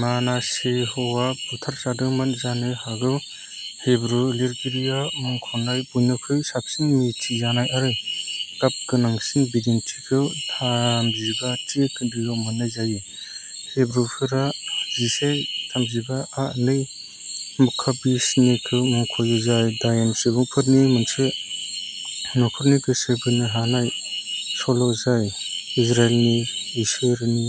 मानासेहआ बुथारजादोंमोन। जानो हागौ हिब्रु लिरगिरिया मुंख'नाय बयनिख्रुइ साबसिन मिथिजानाय आरो गाबगोनांसिन बिदिन्थिखौ थामजिबा थि खोन्दोआव मोन्नाय जायो। हिब्रुफोरा जिसे थामजिबा आ नै मक्काबी स्नि खौ मुंख'यो, जाय दायेन सुबुंफोरनि मोनसे नखरनि गोसो बोनो हानाय सल जाय इजराइलनि इसोरनि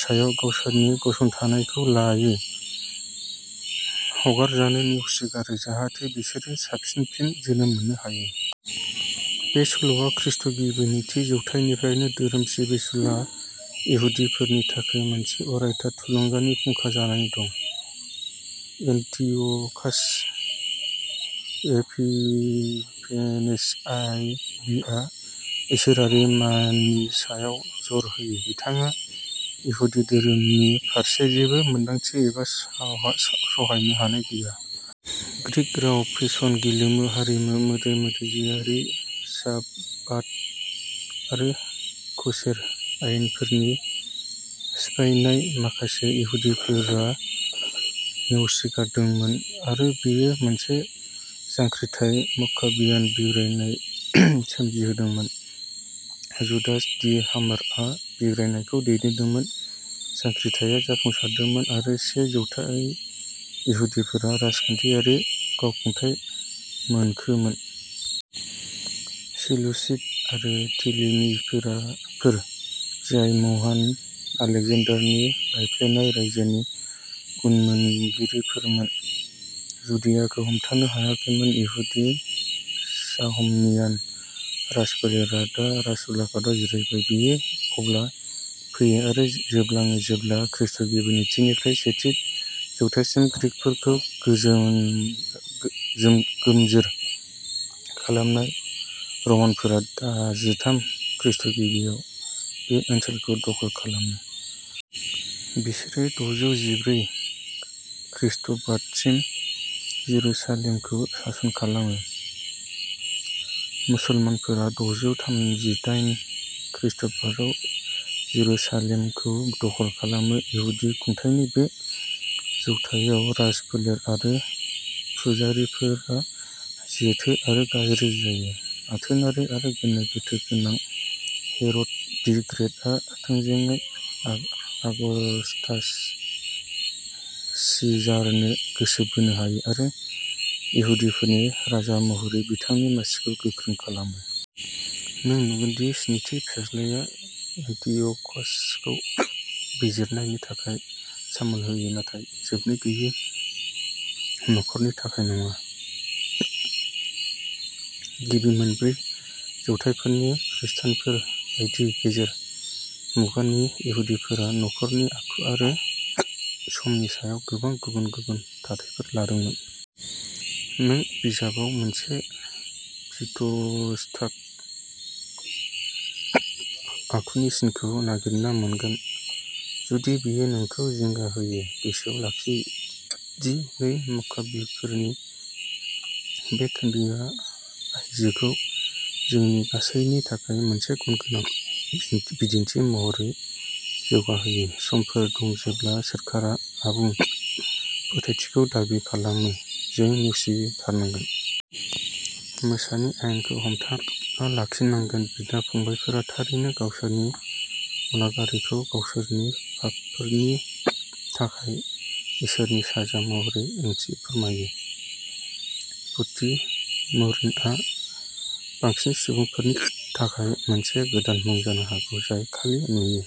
सायाव गावसोरनि गसंथानायखौ लायो, हगारजानो नेवसिगारो जाहाथे बिसोरो साबसिन फिन जोनोम मोननो हायो। बे सल'आ खृष्टगिबि नैथि जौथायनिफ्रायनो धोरोम सिबिसुला इहुदिफोरनि थाखाय मोनसे अरायथा थुलुंगानि फुंखा जानानै दं। एन्टिअ'कास एपिफेनेस आइ भि आ इसोरारि माननि सायाव जर होयो। बिथांहा इहुदि धोरोमनि फारसे जेबो मोनदांथि एबा सहायनो हानाय गैया। ग्रीक राव, फेशन, गेलेमु, हारिमु, मोदाय-मोदायजोआरि। साब्बाथ आरो कसेर आयेनफोरनि सिफायनाय। माखासे इहुदिफोरा नेवसिगारदोंमोन आरो बेयो मोनसे जांख्रिथाय, मक्काबियान बिग्रायनाय, सोमजिहोदोंमोन। जुडास दि हामार आ बिग्रायनायखौ दैदेनदोंमोन। जांख्रिथाया जाफुंसारदोंमोन आरो से जौथाय इहुदिफोरा राजखान्थियारि गावखुंथाय मोनखोमोन। सेलुसिड आरो टलेमिरफोर, जाय महान आलेकजेन्डारनि बायफ्लेनाय रायजोनि उनमोनगिरिफोरमोन, जुदियाखौ हमथानो हायाखैमोन। इहुदि हासमनियान राजाफोलेरा दा राजउलाफादाव जिरायबाय। बेयो अब्ला फैयो आरो जोबलाङो जेब्ला खृष्टगिबि नैथिनिफ्राय सेथि जौथायसिम ग्रीकफोरखौ गोम जोम गोमजोर खालामनाय रमानफोरा दजिथाम खृष्टगिबिआव बे ओनसोलखौ दखल खालामो। बिसोरो दजौ जिब्रै खृष्टाब्दसिम जेरुसालेमखौ सासन खालामो। मुसलमानफोरा दजौ थामजिदायेन खृष्टाब्दआव जेरुसालेमखौ दखल खालामो। इहुदि खुंथायनि बे जौथाइआव, राजाफोलेर आरो पुजारीफोरा जेथो आरो गाज्रि जायो। आथोनारि आरो गोनो गोथो गोनां हेर'ड दि ग्रेटआ थोंजोङै आगस्तास सिजारनो गोसो बोनो हायो आरो इहुदिफोरनि राजा महरै बिथांनि मासिखौ गोख्रों खालामो। नों नुगोन दि स्निथि फिसाज्लाया एन्टिअकासखौ बिजिरनायनि थाखाय सामोल होयो, नाथाय जोबनो गैयै नरकनि थाखाय नङा। गिबि मोनब्रै जौथायफोरनि खृष्टानफोर बायदि गेजेर मुगानि इहुदिफोरा नरकनि आखु आरो समनि सायाव गोबां गुबुन गुबुन थाथायफोर लादोंमोन। नों बिजाबाव मोनसे पितृसत्ताक आखुनि सिनखौ नागिरना मोनगोन। जुदि बेयो नोंखौ जिंगा होयो, गोसोआव लाखि दि नै मक्काबीफोरनि बे खोनदोआ आयजोखौ जोंनि गासैनि थाखाय मोनसे गुनगोनां बिदिन्थि महरै जौगाहोयो। समफोर दं जेब्ला सोरखारा आबुं फोथायथिखौ दाबि खालामो जों नेवसिथारनांगोन। मोसानि आयेनखौ हमथाना लाखिनांगोन। बिदा-फंबायफोरा थारैनो गावसोरनि अनागारिखौ गावसोरनि पापफोरनि थाखाय इसोरनि साजा महरै ओंथि फोरमायो। पट्टि मुरिनआ बांसिन सुबुंफोरनि थाखाय मोनसे गोदान मुं जानो हागौ जाय खालि नुयो।